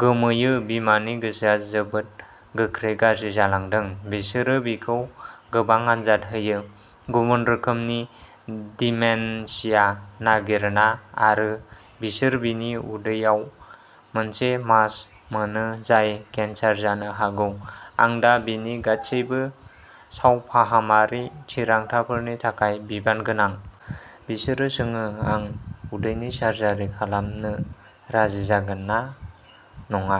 गोमोयो बिमानि गोसोआ जोबोद गोख्रै गाज्रि जालांदों। बिसोरो बिखौ गोबां आनजाद होयो। गुबुन रोखोमनि डिमेनशिया नागिरना आरो बिसोर बिनि उदैआव मोनसे मास मोनो जाय केन्सार जानो हागौ। आं दा बिनि गासैबो सावफाहामारि थिरांथाफोरनि थाखाय बिबानगोनां। बिसोरो सोङो आं उदैनि सार्जारि खालामनो राजि जागोन ना नङा।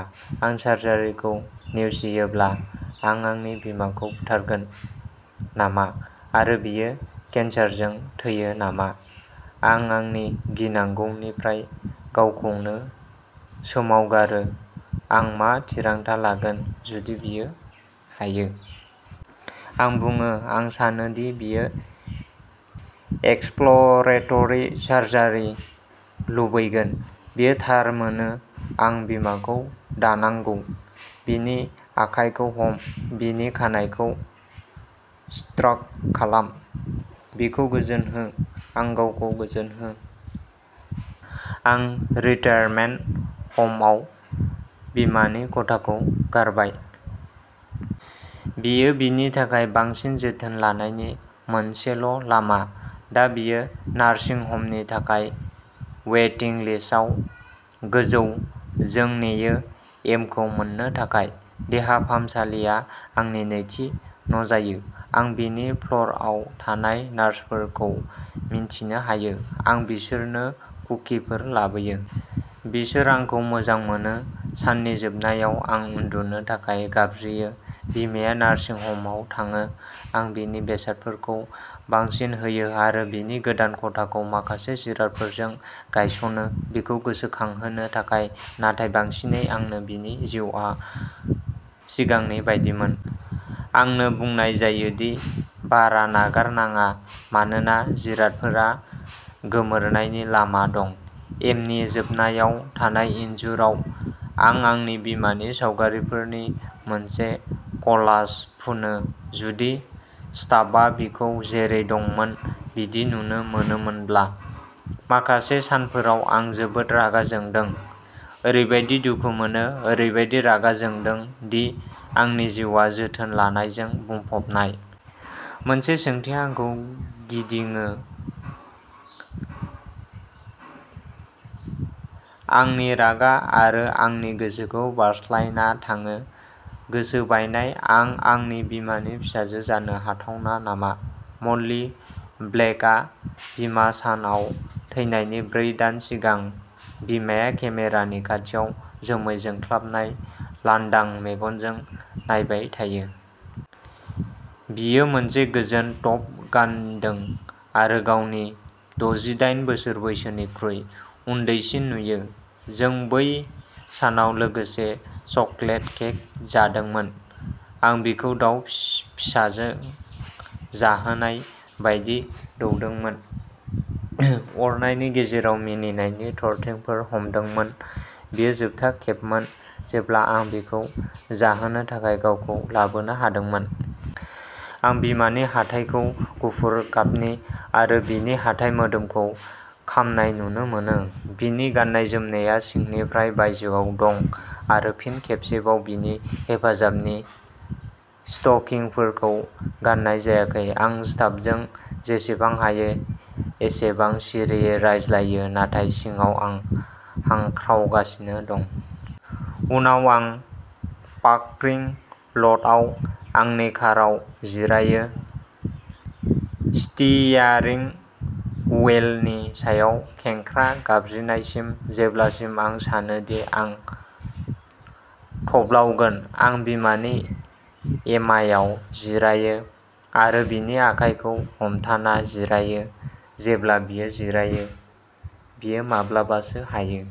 आं सार्जारिखौ नेवसियोब्ला आं आंनि बिमाखौ बुथारगोन नामा आरो बियो केन्सारजों थैयो नामा, आं आंनि गिनांगौनिफ्राय गावखौनो सोमावगारो। आं मा थिरांथा लागोन जुदि बियो हायो। आं बुङो, आं सानो दि बियो एक्सप्ल'रेटरि सार्जारि लुबैगोन। बेयो थार मोनो, आं बिमाखौ दांनांगौ। बिनि आखायखौ हम, बिनि खानाइखौ स्ट्रक खालाम, बिखौ गोजोन हो। आं गावखौ गोजोन हो। आं रिटायारमेन्ट ह'मआव बिमानि खथाखौ गारबाय। बेयो बिनि थाखाय बांसिन जोथोन लानायनि मोनसेल'लामा। दा बियो नार्सिं ह'मनि थाखाय वेटिं लिस्टआव गोजौ। जों नेयो। एमखौ मोननो थाखाय। देहा फाहामसालिया आंनि नैथि न'जायो। आं बिनि फ्ल'रआव थानाय नार्सफोरखौ मिन्थिनो हायो। आं बिसोरनो कुकिफोर लाबोयो। बिसोर आंखौ मोजां मोनो। साननि जोबनायाव, आं उन्दुनो थाखाय गाबज्रियो। बिमाया नार्सिं ह'मआव थाङो। आं बिनि बेसादफोरखौ बांसिन होयो आरो बिनि गोदान खथाखौ माखासे जिरादफोरजों गायसनो, बिखौ गोसोखांहोनो थाखाय नाथाय बांसिनै आंनो-बिनि जिउआ सिगांनि बायदिमोन। आंनो बुंनाय जायो दि बारा नागारनाङा मानोना जिरादफोरा गोमोरनायनि लामा दं। एमनि जोबनायाव थानाय इनजुराव आं आंनि बिमानि सावगारिफोरनि मोनसे क'लाज फुनो। जुदि स्टाफआ बिखौ जेरै दंमोन बिदि नुनो मोनोमोनब्ला। माखासे सानफोराव, आं जोबोद रागा जोंदों, ओरैबादि दुखु मोनो, ओरैबादि रागा जोंदों दि आंनि जिउआ जोथोन लानायजों बुंफबनाय। मोनसे सोंथिया आंखौ गिदिङो, आंनि रागा आरो आंनि गोसोखौ बारस्लायना थाङो। गोसो बायनाय आं आंनि बिमानि फिसाजो जानो हाथावना नामा, म'ली ब्लेकआ बिमा सान आव थैनायनि ब्रै दान सिगां। बिमाया केमेरानि खाथियाव जोमै जोंख्लाबनाय, लांदां मेगनजों नायबाय थायो। बियो मोनसे गोजोन टप गानदों आरो गावनि द'जिदाइन बोसोर बैसोनिख्रुइ उन्दैसिन नुयो। जों बै सानाव लोगोसे चकलेट केक जादोंमोन, आं बिखौ दाउ फिसाजों जाहोनाय बायदि दौदोंमोन, अरनायनि गेजेराव मिनिनायनि थरथिंफोर हमदोंमोन। बेयो जोबथा खेबमोन जेब्ला आं बिखौ जाहोनो थाखाय गावखौ लाबोनो हादोंमोन। आं बिमानि हाथाइखौ गुफुर गाबनि आरो बिनि हाथाइ मोदोमखौ खामनाय नुनो मोनो। बिनि गाननाय जोमनाया सिंनिफ्राय बायजोआव दं। आरो फिन खेबसेबाव बिनि हेफाजाबनि स्टकिंफोरखौ गाननाय जायाखै। आं स्टाफजों जेसेबां हायो एसेबां सिरियै रायज्लायो, नाथाय सिङाव आं हांख्रावगासिनो दं। उनाव, आं पार्किं ल'टआव आंनि काराव जिरायो, स्टीयारिंग हुइलनि सायाव खेंख्रा, गाबज्रिनायसिम जेब्लासिम आं सानो दि आं थब्लावगोन। आं बिमानि एमायाव जिरायो आरो बिनि आखायखौ हमथाना जिरायो जेब्ला बियो जिरायो। बियो माब्लाबासो हायो।